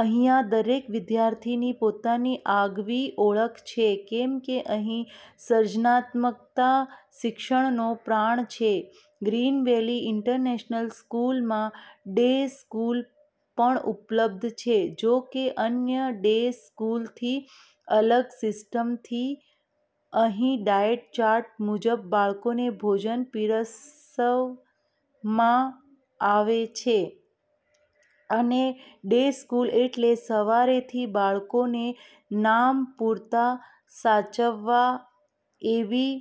અહીંયા દરેક વિદ્યાર્થીની પોતાની આગવી ઓળખ છે કેમ કે અહીં સર્જનાત્મકતા શિક્ષણનો પ્રાણ છે. ગ્રીનવેલી ઇન્ટરનેશનલ સ્કૂલમાં ડે સ્કૂલ પણ ઉપલબ્ધ છે જો કે, અન્ય ડે સ્કૂલથી અલગસિસ્ટમથી અહીં ડાયેટ ચાર્ટ મુજબબાળકોને ભોજન પીરસવમાં આવે છે અને ડે સ્કૂલ એટલે સવારેથીબાળકોને નામ પૂરતા સાચવવા એવી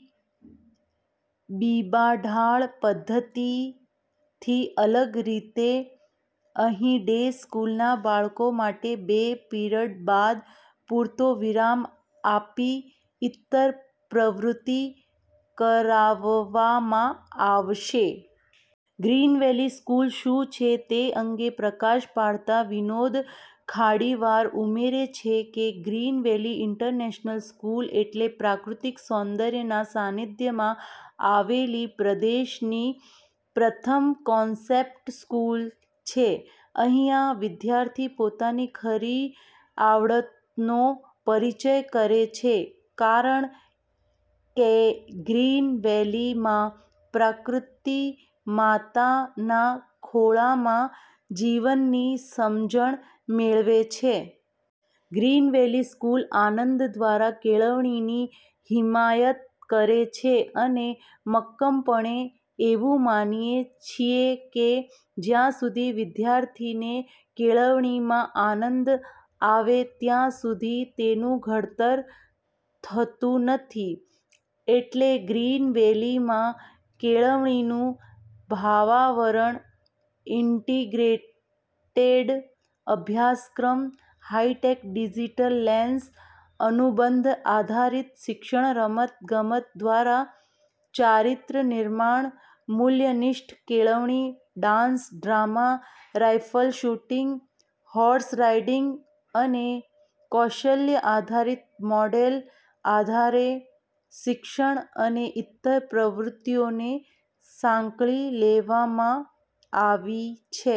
બિંબાઢાળ પદ્ધતિથી અલગ રીતે અહીં ડે સ્કૂલના બાળકો માટે બે પિરિયડ બાદ પૂરતો વિરામ આપી ઇતર પ્રવૃત્તિ કરાવવામાં આવશે. ગ્રીનવેલી સ્કૂલ શુ છે તે અંગે પ્રકાશ પાડતા વિનોદ ખાંડીવાર ઉમેરે છે કે, ગ્રીન વેલી ઇન્ટરનેશનલ સ્કુલ એટલે પ્રાકૃતિક સૌદર્યનાં સાનિધ્યમાં આવેલીપ્રદેશની પ્રથમ 'કોન્સેપ્ટ સ્કૂલ' છે. અહિયાં વિદ્યાર્થી પોતાની ખરી આવડતનો પરિચય કરે છે કારણ કેગ્રીન વેલીમાં પ્રકૃતિમાતાના ખોળામાં જીવનની સમજણ મેળવે છે. ગ્રીન વેલી સ્કુલ આનંદ દ્વારા કેળવણીની હિમાયત કરે છે. અમે મક્કમપણે એવું માનીએ છીએ કે જયાં સુધી વિદ્યાર્થીને કેળવણીમાં આનંદઆવે ત્યાં સુધી તેનું ઘડતર થતું નથી. એટલેગ્રીન વેલીમાં કેળવણીનું ભાવાવરણ, ઇન્ટીગ્રેટેડ અભ્યાસક્રમ, હાઇ-ટેક ડીજીટલ લેન્સ, અનુબંધ આધારિત શિક્ષણ, રમત-ગમત દ્રારા ચારિત્ર નિર્માણ, મુલ્યનિષ્ઠ કેળવણી, dance, drama, rifle shooting, horse riding અને કૌશલ્ય-આધારિત મોડેલ આધારે શિક્ષણ અને ઇતર પ્રવૃત્તિઓને સાંકળી લેવામાં આવી છે.